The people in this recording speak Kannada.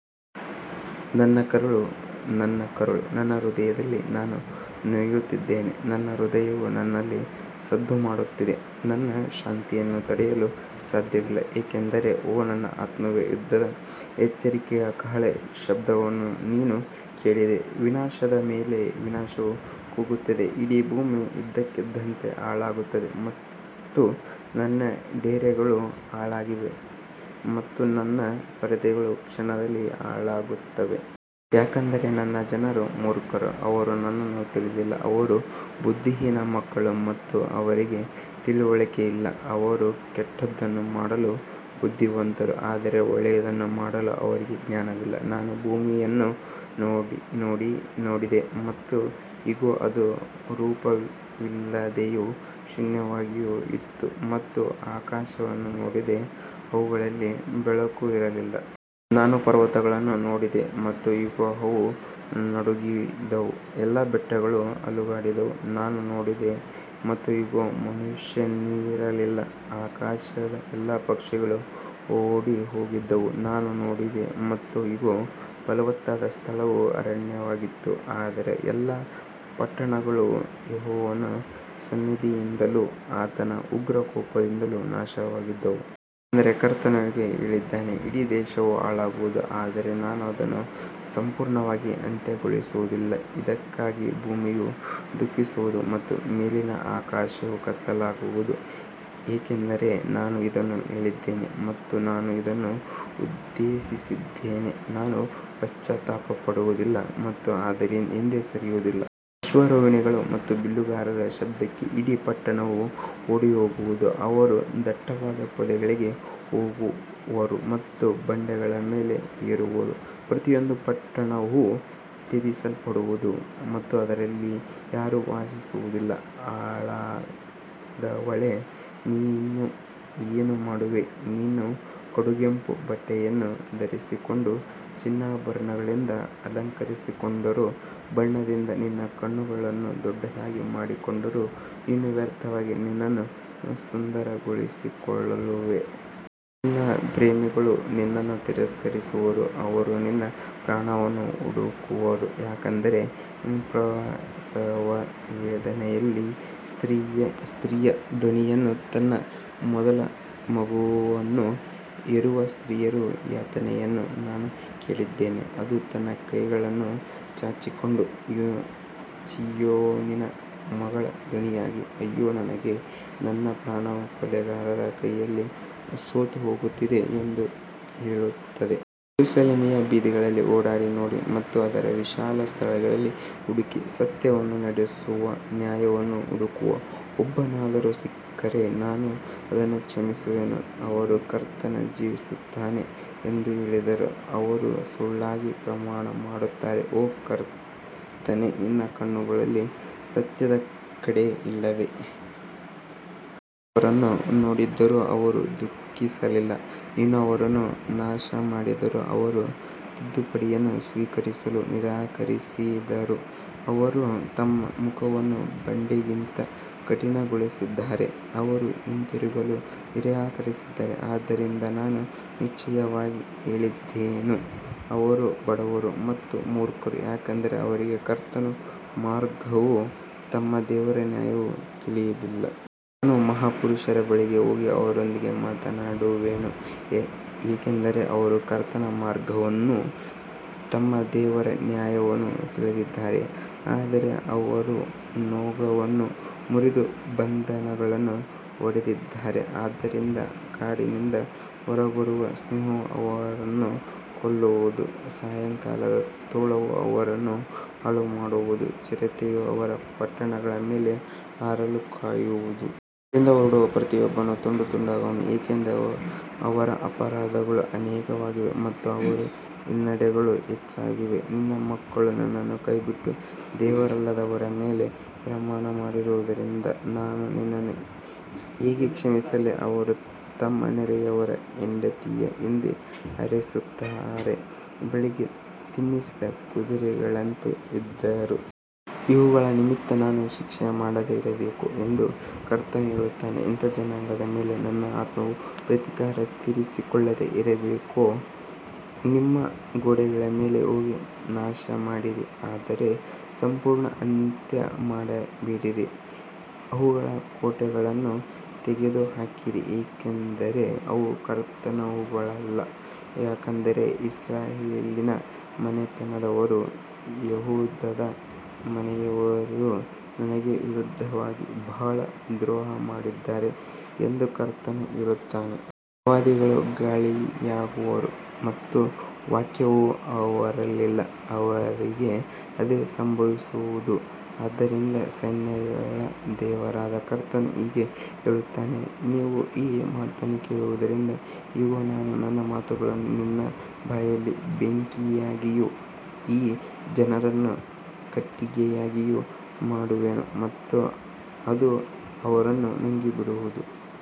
ನನ್ನ ಕರುಳು, ನನ್ನ ಕರುಳು, ನನ್ನ ಹೃದಯದಲ್ಲಿ ನಾನು ನೋಯುತ್ತಿದ್ದೇನೆ. ನನ್ನ ಹೃದಯವು ನನ್ನಲ್ಲಿ ಸದ್ದುಮಾಡುತ್ತಿದೆ. ನನ್ನ ಶಾಂತಿಯನ್ನು ತಡೆಯಲು ಸಾಧ್ಯವಿಲ್ಲ. ಏಕೆಂದರೆ, ಓ ನನ್ನ ಆತ್ಮವೇ, ಯುದ್ಧದ ಎಚ್ಚರಿಕೆಯ ಕಹಳೆ ಶಬ್ದವನ್ನು ನೀನು ಕೇಳಿದೆ. ವಿನಾಶದ ಮೇಲೆ ವಿನಾಶವು ಕೂಗುತ್ತದೆ, ಇಡೀ ಭೂಮಿ ಇದ್ದಕ್ಕಿದ್ದಂತೆ ಹಾಳಾಗುತ್ತದೆ ಮತ್ತು ನನ್ನ ಡೇರೆಗಳು ಹಾಳಾಗಿವೆ ಮತ್ತು ನನ್ನ ಪರದೆಗಳು ಕ್ಷಣದಲ್ಲಿ ಹಾಳಾಗುತ್ತವೆ. ಯಾಕಂದರೆ ನನ್ನ ಜನರು ಮೂರ್ಖರು, ಅವರು ನನ್ನನ್ನು ತಿಳಿದಿಲ್ಲ. ಅವರು ಬುದ್ಧಿಹೀನ ಮಕ್ಕಳು ಮತ್ತು ಅವರಿಗೆ ತಿಳುವಳಿಕೆಯಿಲ್ಲ. ಅವರು ಕೆಟ್ಟದ್ದನ್ನು ಮಾಡಲು ಬುದ್ಧಿವಂತರು, ಆದರೆ ಒಳ್ಳೆಯದನ್ನು ಮಾಡಲು ಅವರಿಗೆ ಜ್ಞಾನವಿಲ್ಲ. ನಾನು ಭೂಮಿಯನ್ನು ನೋಡಿದೆ, ಮತ್ತು ಇಗೋ, ಅದು ರೂಪವಿಲ್ಲದೆಯೂ ಶೂನ್ಯವಾಗಿಯೂ ಇತ್ತು, ಮತ್ತು ಆಕಾಶಗಳನ್ನು ನೋಡಿದೆ, ಅವುಗಳಲ್ಲಿ ಬೆಳಕು ಇರಲಿಲ್ಲ. ನಾನು ಪರ್ವತಗಳನ್ನು ನೋಡಿದೆ, ಮತ್ತು ಇಗೋ, ಅವು ನಡುಗಿದವು, ಎಲ್ಲಾ ಬೆಟ್ಟಗಳು ಅಲುಗಾಡಿದವು. ನಾನು ನೋಡಿದೆ, ಮತ್ತು ಇಗೋ, ಮನುಷ್ಯನಿರಲಿಲ್ಲ, ಆಕಾಶದ ಎಲ್ಲಾ ಪಕ್ಷಿಗಳು ಓಡಿಹೋಗಿದ್ದವು. ನಾನು ನೋಡಿದೆ, ಮತ್ತು ಇಗೋ, ಫಲವತ್ತಾದ ಸ್ಥಳವು ಅರಣ್ಯವಾಗಿತ್ತು, ಅದರ ಎಲ್ಲಾ ಪಟ್ಟಣಗಳು ಯೆಹೋವನ ಸನ್ನಿಧಿಯಿಂದಲೂ ಆತನ ಉಗ್ರ ಕೋಪದಿಂದಲೂ ನಾಶವಾಗಿದ್ದವು. ಯಾಕಂದರೆ ಕರ್ತನು ಹೀಗೆ ಹೇಳಿದ್ದಾನೆ, ಇಡೀ ದೇಶವು ಹಾಳಾಗುವುದು, ಆದರೆ ನಾನು ಅದನ್ನು ಸಂಪೂರ್ಣವಾಗಿ ಅಂತ್ಯಗೊಳಿಸುವುದಿಲ್ಲ. ಇದಕ್ಕಾಗಿ ಭೂಮಿಯು ದುಃಖಿಸುವುದು ಮತ್ತು ಮೇಲಿನ ಆಕಾಶವು ಕತ್ತಲಾಗುವುದು, ಏಕೆಂದರೆ ನಾನು ಇದನ್ನು ಹೇಳಿದ್ದೇನೆ ಮತ್ತು ನಾನು ಇದನ್ನು ಉದ್ದೇಶಿಸಿದ್ದೇನೆ, ನಾನು ಪಶ್ಚಾತ್ತಾಪಪಡುವುದಿಲ್ಲ ಮತ್ತು ಅದರಿಂದ ಹಿಂದೆ ಸರಿಯುವುದಿಲ್ಲ. ಅಶ್ವಾರೋಹಿಗಳ ಮತ್ತು ಬಿಲ್ಲುಗಾರರ ಶಬ್ದಕ್ಕೆ ಇಡೀ ಪಟ್ಟಣವು ಓಡಿಹೋಗುವುದು. ಅವರು ದಟ್ಟವಾದ ಪೊದೆಗಳಿಗೆ ಹೋಗುವರು ಮತ್ತು ಬಂಡೆಗಳ ಮೇಲೆ ಏರುವರು. ಪ್ರತಿಯೊಂದು ಪಟ್ಟಣವೂ ತ್ಯಜಿಸಲ್ಪಡುವುದು ಮತ್ತು ಅದರಲ್ಲಿ ಯಾರೂ ವಾಸಿಸುವುದಿಲ್ಲ. ಹಾಳಾದವಳೇ, ನೀನು ಏನು ಮಾಡುವೆ? ನೀನು ಕಡುಗೆಂಪು ಬಟ್ಟೆಯನ್ನು ಧರಿಸಿಕೊಂಡರೂ, ಚಿನ್ನಾಭರಣಗಳಿಂದ ಅಲಂಕರಿಸಿಕೊಂಡರೂ, ಬಣ್ಣದಿಂದ ನಿನ್ನ ಕಣ್ಣುಗಳನ್ನು ದೊಡ್ಡದಾಗಿ ಮಾಡಿಕೊಂಡರೂ, ನೀನು ವ್ಯರ್ಥವಾಗಿ ನಿನ್ನನ್ನು ಸುಂದರಗೊಳಿಸಿಕೊಳ್ಳುವೆ. ನಿನ್ನ ಪ್ರೇಮಿಗಳು ನಿನ್ನನ್ನು ತಿರಸ್ಕರಿಸುವರು, ಅವರು ನಿನ್ನ ಪ್ರಾಣವನ್ನು ಹುಡುಕುವರು. ಯಾಕಂದರೆ ಪ್ರಸವವೇದನೆಯಲ್ಲಿರುವ ಸ್ತ್ರೀಯ ಧ್ವನಿಯನ್ನೂ, ತನ್ನ ಮೊದಲ ಮಗುವನ್ನು ಹೆರುವ ಸ್ತ್ರೀಯ ಯಾತನೆಯನ್ನೂ ನಾನು ಕೇಳಿದ್ದೇನೆ. ಅದು ತನ್ನ ಕೈಗಳನ್ನು ಚಾಚಿಕೊಂಡು, ಚೀಯೋನಿನ ಮಗಳ ಧ್ವನಿಯಾಗಿ, ಅಯ್ಯೋ ನನಗೆ, ನನ್ನ ಪ್ರಾಣವು ಕೊಲೆಗಾರರ ಕೈಯಲ್ಲಿ ಸೋತುಹೋಗುತ್ತಿದೆ ಎಂದು ಹೇಳುತ್ತದೆ. ಯೆರೂಸಲೇಮಿನ ಬೀದಿಗಳಲ್ಲಿ ಓಡಾಡಿ ನೋಡಿ ಮತ್ತು ಅದರ ವಿಶಾಲ ಸ್ಥಳಗಳಲ್ಲಿ ಹುಡುಕಿ, ಸತ್ಯವನ್ನು ನಡೆಸುವ, ನ್ಯಾಯವನ್ನು ಹುಡುಕುವ ಒಬ್ಬನಾದರೂ ಸಿಕ್ಕಿದರೆ ನಾನು ಅದನ್ನು ಕ್ಷಮಿಸುವೆನು. ಅವರು ಕರ್ತನು ಜೀವಿಸುತ್ತಾನೆ ಎಂದು ಹೇಳಿದರೂ, ಅವರು ಸುಳ್ಳಾಗಿ ಪ್ರಮಾಣಮಾಡುತ್ತಾರೆ. ಓ ಕರ್ತನೇ, ನಿನ್ನ ಕಣ್ಣುಗಳು ಸತ್ಯದ ಕಡೆಗೆ ಇಲ್ಲವೇ? ನೀನು ಅವರನ್ನು ಹೊಡೆದಿದ್ದರೂ ಅವರು ದುಃಖಿಸಲಿಲ್ಲ. ನೀನು ಅವರನ್ನು ನಾಶಮಾಡಿದರೂ ಅವರು ತಿದ್ದುಪಡಿಯನ್ನು ಸ್ವೀಕರಿಸಲು ನಿರಾಕರಿಸಿದರು. ಅವರು ತಮ್ಮ ಮುಖಗಳನ್ನು ಬಂಡೆಗಿಂತ ಕಠಿಣಗೊಳಿಸಿದ್ದಾರೆ. ಅವರು ಹಿಂತಿರುಗಲು ನಿರಾಕರಿಸಿದ್ದಾರೆ. ಆದ್ದರಿಂದ ನಾನು ನಿಶ್ಚಯವಾಗಿ ಹೇಳಿದೆನು, ಇವರು ಬಡವರು ಮತ್ತು ಮೂರ್ಖರು, ಯಾಕಂದರೆ ಅವರಿಗೆ ಕರ್ತನ ಮಾರ್ಗವೂ ತಮ್ಮ ದೇವರ ನ್ಯಾಯವೂ ತಿಳಿದಿಲ್ಲ. ನಾನು ಮಹಾಪುರುಷರ ಬಳಿಗೆ ಹೋಗಿ ಅವರೊಂದಿಗೆ ಮಾತನಾಡುವೆನು, ಏಕೆಂದರೆ ಅವರು ಕರ್ತನ ಮಾರ್ಗವನ್ನೂ ತಮ್ಮ ದೇವರ ನ್ಯಾಯವನ್ನೂ ತಿಳಿದಿದ್ದಾರೆ. ಆದರೆ ಅವರೂ ನೊಗವನ್ನು ಮುರಿದು ಬಂಧಗಳನ್ನು ಒಡೆದಿದ್ದಾರೆ. ಆದ್ದರಿಂದ ಕಾಡಿನಿಂದ ಹೊರಬರುವ ಸಿಂಹವು ಅವರನ್ನು ಕೊಲ್ಲುವುದು, ಸಾಯಂಕಾಲದ ತೋಳವು ಅವರನ್ನು ಹಾಳುಮಾಡುವುದು, ಚಿರತೆಯು ಅವರ ಪಟ್ಟಣಗಳ ಮೇಲೆ ಕಾವಲು ಕಾಯುವುದು. ಅಲ್ಲಿಂದ ಹೊರಡುವ ಪ್ರತಿಯೊಬ್ಬನೂ ತುಂಡುತುಂಡಾಗುವನು, ಏಕೆಂದರೆ ಅವರ ಅಪರಾಧಗಳು ಅನೇಕವಾಗಿವೆ ಮತ್ತು ಅವರ ಹಿನ್ನಡೆಗಳು ಹೆಚ್ಚಾಗಿವೆ. ನಿನ್ನ ಮಕ್ಕಳು ನನ್ನನ್ನು ಕೈಬಿಟ್ಟು ದೇವರಲ್ಲದವರ ಮೇಲೆ ಪ್ರಮಾಣಮಾಡಿರುವುದರಿಂದ ನಾನು ನಿನ್ನನ್ನು ಹೇಗೆ ಕ್ಷಮಿಸಲಿ? ಅವರು ತಮ್ಮ ನೆರೆಯವನ ಹೆಂಡತಿಯ ಹಿಂದೆ ಹಾರೈಸುತ್ತಾ, ಬೆಳಿಗ್ಗೆ ತಿನ್ನಿಸಿದ ಕುದುರೆಗಳಂತೆ ಇದ್ದರು. ಇವುಗಳ ನಿಮಿತ್ತ ನಾನು ಶಿಕ್ಷೆ ಮಾಡದೆ ಇರಬೇಕೋ? ಎಂದು ಕರ್ತನು ಹೇಳುತ್ತಾನೆ. ಇಂಥ ಜನಾಂಗದ ಮೇಲೆ ನನ್ನ ಆತ್ಮವು ಪ್ರತೀಕಾರ ತೀರಿಸಿಕೊಳ್ಳದೆ ಇರಬೇಕೋ? ನಿಮ್ಮ ಗೋಡೆಗಳ ಮೇಲೆ ಹೋಗಿ ನಾಶಮಾಡಿರಿ, ಆದರೆ ಸಂಪೂರ್ಣ ಅಂತ್ಯಮಾಡಬೇಡಿರಿ. ಅವಳ ಕೋಟೆಗಳನ್ನು ತೆಗೆದುಹಾಕಿರಿ, ಏಕೆಂದರೆ ಅವು ಕರ್ತನವುಗಳಲ್ಲ. ಯಾಕಂದರೆ ಇಸ್ರಾಯೇಲಿನ ಮನೆತನದವರೂ ಯೆಹೂದದ ಮನೆಯವರೂ ನನಗೆ ವಿರುದ್ಧವಾಗಿ ಬಹಳ ದ್ರೋಹಮಾಡಿದ್ದಾರೆ ಎಂದು ಕರ್ತನು ಹೇಳುತ್ತಾನೆ. ಪ್ರವಾದಿಗಳು ಗಾಳಿಯಾಗುವರು ಮತ್ತು ವಾಕ್ಯವು ಅವರಲ್ಲಿಲ್ಲ, ಅವರಿಗೆ ಅದೇ ಸಂಭವಿಸುವುದು. ಆದ್ದರಿಂದ ಸೈನ್ಯಗಳ ದೇವರಾದ ಕರ್ತನು ಹೀಗೆ ಹೇಳುತ್ತಾನೆ, ನೀವು ಈ ಮಾತನ್ನು ಹೇಳುವುದರಿಂದ, ಇಗೋ, ನಾನು ನನ್ನ ಮಾತುಗಳನ್ನು ನಿನ್ನ ಬಾಯಲ್ಲಿ ಬೆಂಕಿಯಾಗಿಯೂ ಈ ಜನರನ್ನು ಕಟ್ಟಿಗೆಯಾಗಿಯೂ ಮಾಡುವೆನು ಮತ್ತು ಅದು ಅವರನ್ನು ನುಂಗಿಬಿಡುವುದು.